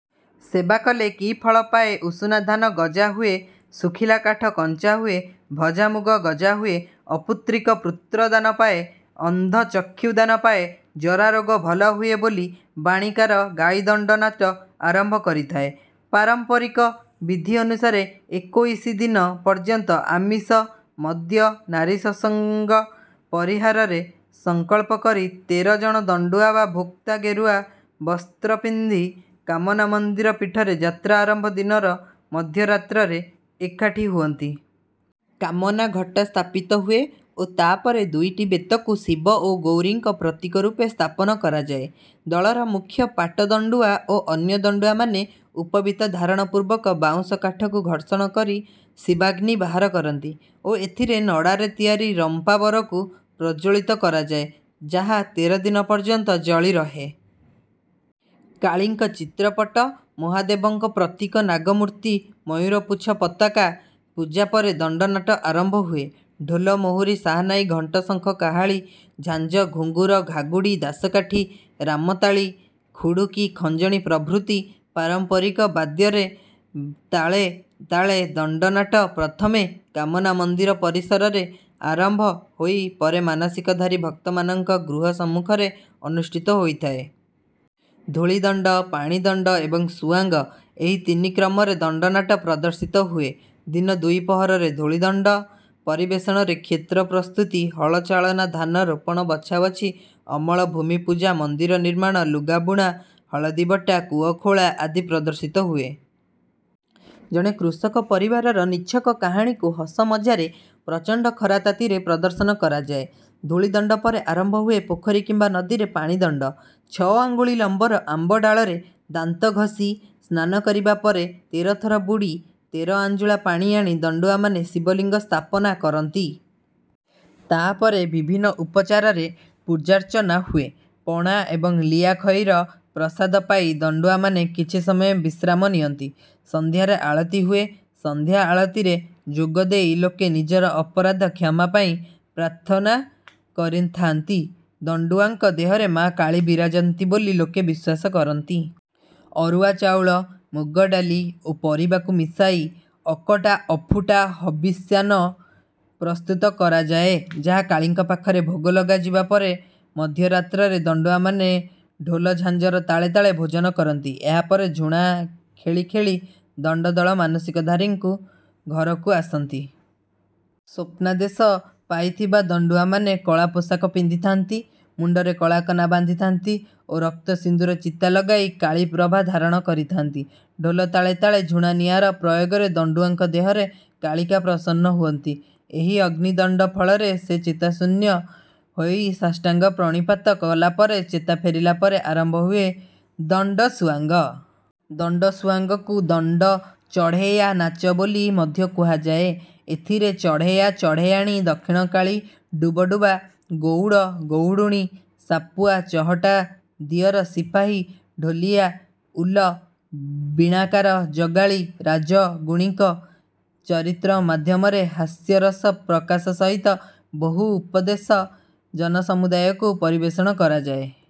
ସେବା କଲେ କି ଫଳ ପାଏ ଉଷୁନାଧାନ ଗଜା ହୁଏ ଶୁଖିଲା କାଠ କଞ୍ଚା ହୁଏ ଭଜାମୁଗ ଗଜା ହୁଏ ଅପୁତ୍ରିକ ପୁତ୍ରଦାନ ପାଏ ଅନ୍ଧ ଚକ୍ଷୁଦାନ ପାଏ ଜରାରୋଗ ଭଲ ହୁଏ ବୋଲି ବାଣୀକାର ଗାଇ ଦଣ୍ଡନାଟ ଆରମ୍ଭ କରିଥାଏ। ପାରମ୍ପରିକ ବିଧି ଅନୁସାରେ ଏକୋଇଶି ଦିନ ପର୍ଯ୍ୟନ୍ତ ଆମିଷ ମଦ୍ୟ ନାରୀସଂସର୍ଗ ପରିହାରର ସଂକଳ୍ପ କରି ତେର ଜଣ ଦଣ୍ଡୁଆ ବା ଭୋକ୍ତା ଗେରୁଆ ବସ୍ତ୍ର ପିନ୍ଧି କାମନା ମନ୍ଦିର ପୀଠରେ ଯାତ୍ରା ଆରମ୍ଭ ଦିନର ମଧ୍ୟରାତ୍ରରେ ଏକାଠି ହୁଅନ୍ତି। କାମନା ଘଟ ସ୍ଥାପିତ ହୁଏ ଓ ତା ପରେ ଦୁଇଟି ବେତକୁ ଶିବ ଓ ଗୌରୀଙ୍କ ପ୍ରତୀକ ରୂପେ ସ୍ଥାପନ କରାଯାଏ। ଦଳର ମୁଖ୍ୟ ପାଟ ଦଣ୍ଡୁଆ ଓ ଅନ୍ୟ ଦଣ୍ଡୁଆମାନେ ଉପବୀତ ଧାରଣ ପୂର୍ବକ ବାଉଁଶକାଠକୁ ଘର୍ଷଣ କରି ଶିବାଗ୍ନି ବାହାର କରନ୍ତି ଓ ଏଥିରେ ନଡ଼ାରେ ତିଆରି ରମ୍ପାବରକୁ ପ୍ରଜ୍ୱଳିତ କରାଯାଏ ଯାହା ତେର ଦିନ ପର୍ଯ୍ୟନ୍ତ ଜଳି ରହେ। କାଳୀଙ୍କ ଚିତ୍ରପଟ ମହାଦେବଙ୍କ ପ୍ରତୀକ ନାଗ ମୂର୍ତ୍ତି ମୟୂରପୁଚ୍ଛ ପତାକା ପୂଜା ପରେ ଦଣ୍ଡନାଟ ଆରମ୍ଭ ହୁଏ। ଢୋଲ ମହୁରୀ ସାହାନାଇ ଘଣ୍ଟ ଶଙ୍ଖ କାହାଳୀ ଝାଞ୍ଜ ଘୁଙ୍ଗୁର ଘାଗୁଡ଼ି ଦାସକାଠି ରାମତାଳି ଘୁଡୁକୀ ଖଞ୍ଜଣୀ ପ୍ରଭୃତି ପାରମ୍ପରିକ ବାଦ୍ୟର ତାଳେ ତାଳେ ଦଣ୍ଡନାଟ ପ୍ରଥମେ କାମନା ମନ୍ଦିର ପରିସରରେ ଆରମ୍ଭ ହୋଇ ପରେ ମାନସିକଧାରୀ ଭକ୍ତମାନଙ୍କ ଗୃହ ସମ୍ମୁଖରେ ଅନୁଷ୍ଠିତ ହୋଇଥାଏ। ଧୂଳିଦଣ୍ଡ ପାଣିଦଣ୍ଡ ଏବଂ ସୁଆଙ୍ଗ ଏହି ତିନି କ୍ରମରେ ଦଣ୍ଡନାଟ ପ୍ରଦର୍ଶିତ ହୁଏ। ଦିନ ଦ୍ୱିପ୍ରହରରେ ଧୂଳିଦଣ୍ଡ ପରିବେଷଣରେ କ୍ଷେତ୍ର ପ୍ରସ୍ତୁତି ହଳ ଚାଳନା ଧାନ ରୋପଣ ବଛାବଛି ଅମଳ ଭୂମି ପୂଜା ମନ୍ଦିର ନିର୍ମାଣ ଲୁଗା ବୁଣା ହଳଦୀ ବଟା କୂଅ ଖୋଳା ଆଦି ପ୍ରଦର୍ଶିତ ହୁଏ। ଜଣେ କୃଷକ ପରିବାରର ନିଛକ କାହାଣୀକୁ ହସମଜାରେ ପ୍ରଚଣ୍ଡ ଖରାତାତିରେ ପ୍ରଦର୍ଶନ କରାଯାଏ। ଧୂଳିଦଣ୍ଡ ପରେ ଆରମ୍ଭ ହୁଏ ପୋଖରୀ କିମ୍ବା ନଦୀରେ ପାଣିଦଣ୍ଡ। ଛଅ ଆଙ୍ଗୁଳି ଲମ୍ବର ଆମ୍ବ ଡାଳରେ ଦାନ୍ତ ଘସି ସ୍ନାନ କରିବା ପରେ ତେର ଥର ବୁଡ଼ି ତେର ଆଞ୍ଜୁଳା ପାଣି ଆଣି ଦଣ୍ଡୁଆମାନେ ଶିବଲିଙ୍ଗ ସ୍ଥାପନା କରନ୍ତି। ତା ପରେ ବିଭିନ୍ନ ଉପଚାରରେ ପୂଜାର୍ଚ୍ଚନା ହୁଏ। ପଣା ଏବଂ ଲିଆଖଇର ପ୍ରସାଦ ପାଇ ଦଣ୍ଡୁଆମାନେ କିଛି ସମୟ ବିଶ୍ରାମ ନିଅନ୍ତି। ସନ୍ଧ୍ୟାରେ ଆଳତୀ ହୁଏ। ସନ୍ଧ୍ୟା ଆଳତୀରେ ଯୋଗଦେଇ ଲୋକେ ନିଜର ଅପରାଧ କ୍ଷମା ପାଇଁ ପ୍ରାର୍ଥନା କରିଥାନ୍ତି। ଦଣ୍ଡୁଆଙ୍କ ଦେହରେ ମାଆ କାଳୀ ବିରାଜନ୍ତି ବୋଲି ଲୋକେ ବିଶ୍ୱାସ କରନ୍ତି। ଅରୁଆ ଚାଉଳ ମୁଗ ଡାଲି ଓ ପରିବାକୁ ମିଶାଇ ଅକଟା ଅଫୁଟା ହବିଷ୍ୟାନ୍ନ ପ୍ରସ୍ତୁତ କରାଯାଏ ଯାହା କାଳୀଙ୍କ ପାଖରେ ଭୋଗ ଲଗାଯିବା ପରେ ମଧ୍ୟରାତ୍ରରେ ଦଣ୍ଡୁଆମାନେ ଢୋଲ ଝାଞ୍ଜର ତାଳେ ତାଳେ ଭୋଜନ କରନ୍ତି। ଏହା ପରେ ଝୁଣା ଖେଳି ଖେଳି ଦଣ୍ଡଦଳ ମାନସିକଧାରୀଙ୍କ ଘରକୁ ଆସନ୍ତି। ସ୍ୱପ୍ନାଦେଶ ପାଇଥିବା ଦଣ୍ଡୁଆମାନେ କଳା ପୋଷାକ ପିନ୍ଧିଥାନ୍ତି ମୁଣ୍ଡରେ କଳା କନା ବାନ୍ଧିଥାନ୍ତି ଓ ରକ୍ତ ସିନ୍ଦୁର ଚିତା ଲଗାଇ କାଳୀପ୍ରଭା ଧାରଣ କରିଥାନ୍ତି। ଢୋଲ ତାଳେ ତାଳେ ଝୁଣା ନିଆଁର ପ୍ରୟୋଗରେ ଦଣ୍ଡୁଆଙ୍କ ଦେହରେ କାଳିକା ପ୍ରସନ୍ନ ହୁଅନ୍ତି। ଏହି ଅଗ୍ନିଦଣ୍ଡ ଫଳରେ ସେ ଚେତାଶୂନ୍ୟ ହୋଇ ସାଷ୍ଟାଙ୍ଗ ପ୍ରଣିପାତ କଲା ପରେ ଚେତା ଫେରିଲା ପରେ ଆରମ୍ଭ ହୁଏ ଦଣ୍ଡସୁଆଙ୍ଗ। ଦଣ୍ଡସୁଆଙ୍ଗକୁ ଦଣ୍ଡ ଚଢ଼େୟା ନାଚ ବୋଲି ମଧ୍ୟ କୁହାଯାଏ। ଏଥିରେ ଚଢ଼େୟା ଚଢ଼େୟାଣୀ ଦକ୍ଷିଣକାଳୀ ଡୁବଡୁବା ଗଉଡ଼ ଗଉଡ଼ୁଣୀ ସାପୁଆ ଚହଟା ଦିଅର ସିପାହୀ ଢୋଲିଆ ଉଲ ବୀଣାକାର ଜଗାଳି ରାଜଗୁଣିଙ୍କ ଚରିତ୍ର ମାଧ୍ୟମରେ ହାସ୍ୟରସ ପ୍ରକାଶ ସହିତ ବହୁ ଉପଦେଶ ଜନସମୁଦାୟକୁ ପରିବେଷଣ କରାଯାଏ।